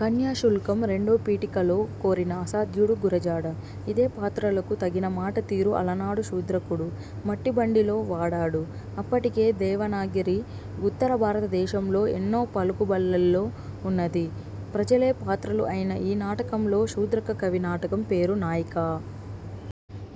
కన్యాశుల్కం రెండో పీఠికలో కోరిన అసాధ్యుడు గురజాడ. ఇదే పాత్రలకు తగిన మాట తీరు అలనాడు శూద్రకుడు 'మట్టిబండి'లో వాడాడు. అప్పటికే, దేవనాగరి ఉత్తర భారత దేశంలో ఎన్నో పలుకుబళ్లలో ఉన్నది. ప్రజలే పాత్రలు అయిన ఈ నాటకంలో, శూద్రక కవి నాటకం పేరు నాయికా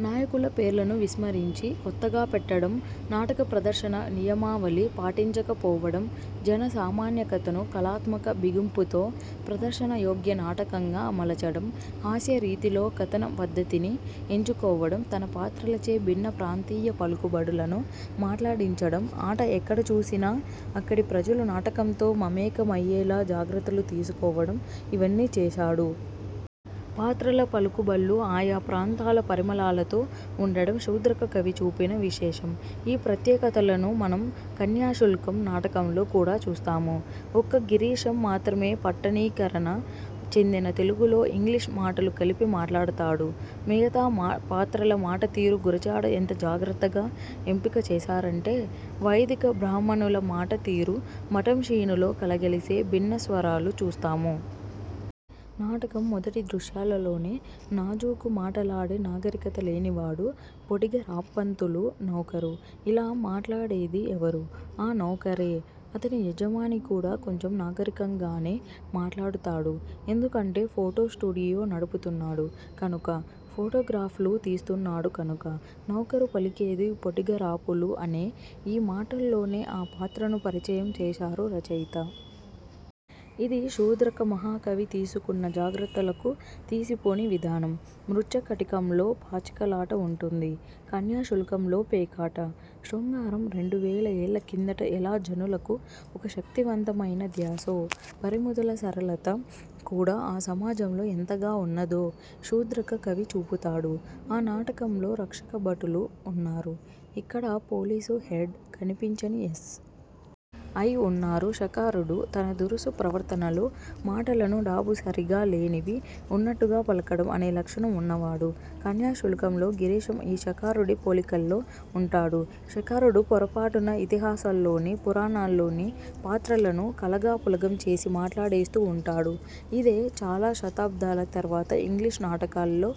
నాయకుల పేర్లను విస్మరించి, కొత్తగా పెట్టడం, నాటక ప్రదర్శన నియమావళి పాటించక పోవడం, జన సామాన్య కథను కళాత్మక బిగింపుతో ప్రదర్శన యోగ్య నాటకంగా మలచడం, హాస్య రీతిలో కథన పద్ధతిని ఎంచుకోవడం, తన పాత్రలచే భిన్న ప్రాంతీయ పలుకుబడు లను మాట్లాడించడం, ఆట ఎక్కడచూసినా, అక్కడి ప్రజలు నాటకంతో మమేక మయ్యేలా జాగ్రత్తలు తీసుకోవడం, ఇవన్నీ చేశాడు. పాత్రల పలుకుబళ్ళు ఆయా ప్రాంతాల పరిమళాలతో ఉండడం శూద్రక కవి చూపిన విశేషం. ఈ ప్రత్యేకతలను మనం కన్యాశుల్కం నాటకంలో కూడా చూస్తాము. ఒక్క గిరీశం మాత్రమే పట్టణీకరణ చెందిన తెలుగులో ఇంగ్లిష్ మాటలు కలిపి మాట్లాడతాడు. మిగతా మా పాత్రల మాటతీరు గురజాడ ఎంత జాగ్రత్తగా ఎంపిక చేశారంటే, వైదిక బ్రాహ్మణుల మాట తీరు, మఠం శీనులో కలగలిసే భిన్నస్వరాలు చూస్తాము. నాటకం మొదటి దృశ్యాలలోనే, నాజూకు మాటలాడే నాగరికత లేనివాడు పొటిగరాప్పంతులు నౌకరు. ఇలా మాట్లాడేది ఎవరు? ఆ నౌకరే! అతని యజమాని కూడా కొంచెం నాగరికంగానే మాట్లాడుతాడు, ఎందుకంటే ఫోటో స్టుడియో నడుపుతున్నాడు కనుక. ఫోటోగ్రాఫ్లూ తీస్తున్నాడు కనుక. నౌకరు పలికేది పొటిగరాపులు అనే. ఈ మాటల్లోనే ఆ పాత్రను పరిచయం చేశారు రచయిత. ఇది శూద్రక మహాకవి తీసుకున్న జాగ్రత్తలకు తీసిపోని విధానం. మృచ్ఛకటికంలో పాచికలాట ఉంటుంది, కన్యాశుల్కంలో పేకాట. శృంగారం రెండు వేల ఏళ్ల కిందట ఎలా జనులకు ఒక శక్తివంతమైన ధ్యాసో, పరిమితుల సరళత కూడా ఆ సమాజంలో ఎంతగా ఉన్నదో, శూద్రక కవి చూపుతాడు. ఆ నాటకంలో రక్షకభటులు ఉన్నారు, ఇక్కడా పోలీసు హెడ్, కనిపించని ఎస్. ఐ ఉన్నారు. శకారుడు, తన దురుసు ప్రవర్తనలో, మాటలను డాబుసరిగా లేనివి ఉన్నట్టుగా పలకడం అనే లక్షణం ఉన్నవాడు. కన్యాశుల్కంలో గిరీశం ఈ శకారుడి పోలికల్లో ఉంటాడు. శకారుడు పొరపాటున ఇతిహాసాల్లోని, పురాణాల్లోని పాత్రలను కలగాపులగం చేసి మాట్లాడేస్తూ ఉంటాడు. ఇదే, చాలా శతాబ్దాల తర్వాత ఇంగ్లిష్ నాటకల్లో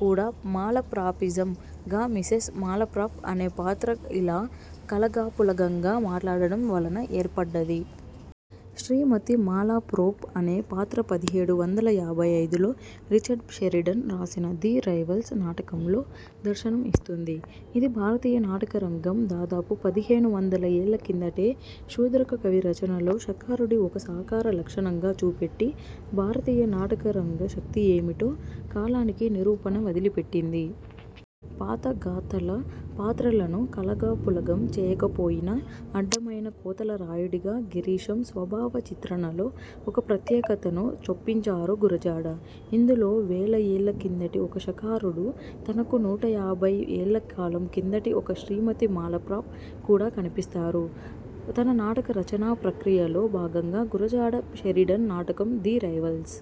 కూడా 'మాలప్రాపిజమ్'గా మిసెస్ మాలప్రాప్ అనే పాత్ర ఇలా కలగాపులగంగా మాట్లాడడం వలన ఏర్పడ్డది. శ్రీమతి 'మాలాప్రోప్' అనే పాత్ర పదిహేడు వందల యాభై ఐదులో రిచర్డ్ షెరిడన్ రాసిన 'ది రైవల్స్' నాటకంలో దర్శనం ఇస్తుంది ఇది భారతీయ నాటక రంగం దాదాపు పదిహేను వందల ఏళ్ల కిందటే, శూద్రక కవి రచనలో, శకారుడి ఒక సాకార లక్షణంగా చూపెట్టి, భారతీయ నాటక రంగ శక్తి ఏమిటో కాలానికి నిరూపణ వదిలిపెట్టింది. పాత గాథల పాత్రలను కలగాపులగం చేయకపోయినా, అడ్డమైన కోతల రాయుడిగా గిరీశం స్వభావ చిత్రణలో ఒక ప్రత్యేకతను చొప్పించారు గురజాడ. ఇందులో వేల ఏళ్ల కిందటి ఒక శకారుడు, తనకు నూట యాభై ఏళ్ల కాలం కిందటి ఒక 'శ్రీమతి మాలప్రాప్' కూడా కనిపిస్తారు. తన నాటక రచనా ప్రక్రియలో భాగంగా గురజాడ షెరిడన్ నాటకం 'ది రైవల్స్'